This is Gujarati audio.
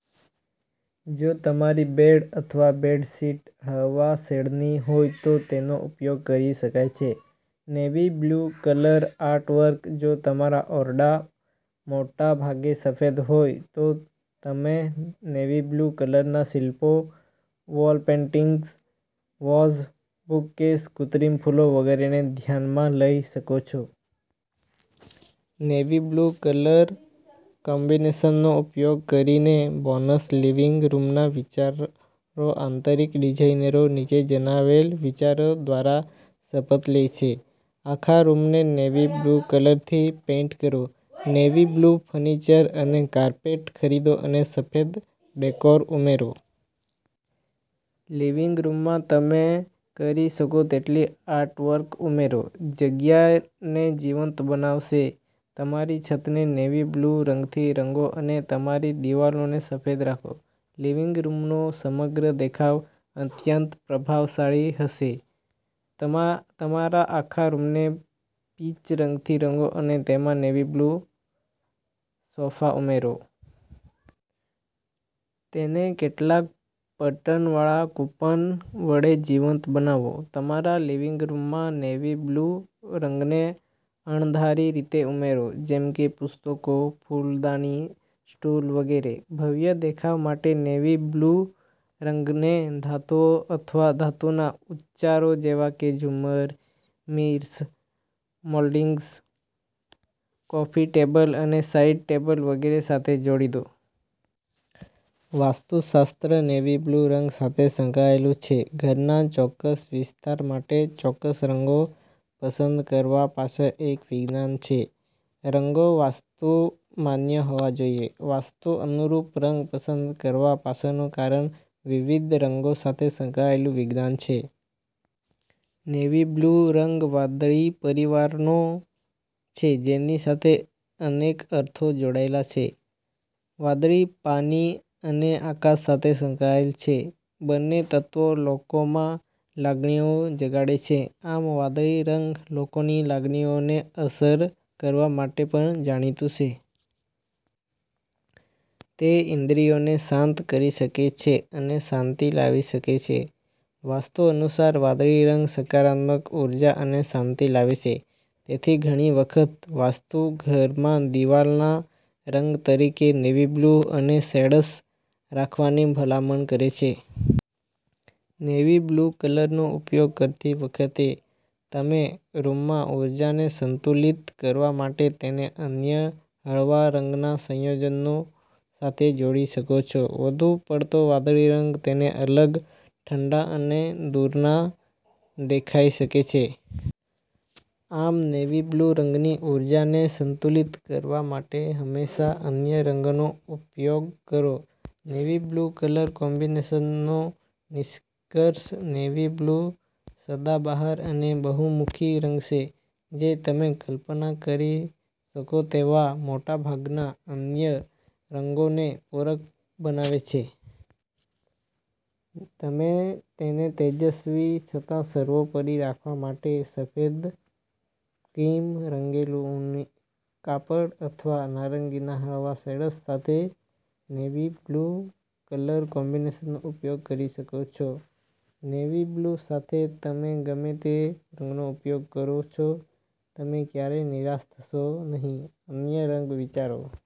જો તમારી બેડ અથવા બેડશીટ હળવા શેડની હોય તો તેનો ઉપયોગ કરી શકાય છે. નેવી-બ્લુ કલર આર્ટવર્ક જો તમારો ઓરડો મોટાભાગે સફેદ હોય, તો તમે નેવી-બ્લુ કલરનાં શિલ્પો, વોલ પેઈન્ટિંગ્સ, વાઝ, બુકકેસ, કૃત્રિમ ફૂલો વગેરેને ધ્યાનમાં લઈ શકો છો. નેવી-બ્લુ કલર કોમ્બિનેશનનો ઉપયોગ કરીને બોનસ લિવિંગ રૂમના વિચારો આંતરિક ડિઝાઇનરો નીચે જણાવેલ વિચારો દ્વારા શપથ લે છે. આખા રૂમને નેવી-બ્લુ કલરથી પેઈન્ટ કરો, નેવી-બ્લુ ફર્નિચર અને કાર્પેટ ખરીદો અને સફેદ ડેકોર ઉમેરો. લિવિંગ રૂમમાં તમે કરી શકો તેટલી આર્ટવર્ક ઉમેરો. જગ્યાને જીવંત બનાવશે. તમારી છતને નેવી-બ્લુ રંગથી રંગો અને તમારી દિવાલોને સફેદ રાખો. લિવિંગ રૂમનો સમગ્ર દેખાવ અત્યંત પ્રભાવશાળી હશે. તમારા આખા રૂમને પીચ રંગથી રંગો અને તેમાં નેવી-બ્લુ સોફા ઉમેરો. તેને કેટલાક પેટર્નવાળા કુશન વડે જીવંત બનાવો. તમારા લિવિંગ રૂમમાં નેવી-બ્લુ રંગને અણધારી રીતે ઉમેરો, જેમ કે પુસ્તકો, ફૂલદાની, સ્ટૂલ વગેરે. ભવ્ય દેખાવ માટે, નેવી-બ્લુ રંગને ધાતુઓ અથવા ધાતુના ઉચ્ચારો જેવા કે ઝુમ્મર, મિરર્સ, મોલ્ડિંગ્સ, કોફી ટેબલ અને સાઇડ ટેબલ વગેરે સાથે જોડી દો. વાસ્તુશાસ્ત્ર નેવી બ્લુ રંગ સાથે સંકળાયેલું છે ઘરના ચોક્કસ વિસ્તાર માટે ચોક્કસ રંગો પસંદ કરવા પાછળ એક વિજ્ઞાન છે. રંગો વાસ્તુ માન્ય હોવા જોઈએ. વાસ્તુ અનુરૂપ રંગ પસંદ કરવા પાછળનું કારણ વિવિધ રંગો સાથે સંકળાયેલું વિજ્ઞાન છે. નેવી બ્લુ રંગ વાદળી પરિવારનો છે, જેની સાથે અનેક અર્થો જોડાયેલા છે. વાદળી પાણી અને આકાશ સાથે સંકળાયેલ છે. બંને તત્વો લોકોમાં લાગણીઓ જગાડે છે. આમ વાદળી રંગ લોકોની લાગણીઓને અસર કરવા માટે પણ જાણીતું છે. તે ઇન્દ્રિયોને શાંત કરી શકે છે અને શાંતિ લાવી શકે છે. વાસ્તુ અનુસાર વાદળી રંગ સકારાત્મક ઉર્જા અને શાંતિ લાવે છે. તેથી ઘણી વખત, વાસ્તુ ઘરમાં દિવાલના રંગ તરીકે નેવી બ્લુ અને શેડ્સ રાખવાની ભલામણ કરે છે. નેવી બ્લુ કલરનો ઉપયોગ કરતી વખતે, તમે રૂમમાં ઊર્જાને સંતુલિત કરવા માટે તેને અન્ય હળવા રંગના સંયોજનો સાથે જોડી શકો છો. વધુ પડતો વાદળી રંગ તેને અલગ, ઠંડા અને દૂરના દેખાઈ શકે છે. આમ નેવી બ્લુ રંગની ઊર્જાને સંતુલિત કરવા માટે હંમેશા અન્ય રંગોનો ઉપયોગ કરો. નેવી બ્લુ કલર કોમ્બિનેશનનો નિષ્કર્ષ નેવી-બ્લુસદાબહાર અને બહુમુખી રંગ છે જે તમે કલ્પના કરી શકો તેવા મોટાભાગના અન્ય રંગોને પૂરક બનાવે છે. તમે તેને તેજસ્વી છતાં સર્વોપરી રાખવા માટે સફેદ, ક્રીમ, રંગેલું ઊની કાપડ અથવા નારંગીના હળવા શેડ્સ સાથે નેવી-બ્લુ કલર કોમ્બિનેશનનો ઉપયોગ કરી શકો છો. નેવી-બ્લુ સાથે તમે ગમે તે રંગનો ઉપયોગ કરો છો, તમે ક્યારેય નિરાશ થશો નહીં. અન્ય રંગ વિચારો.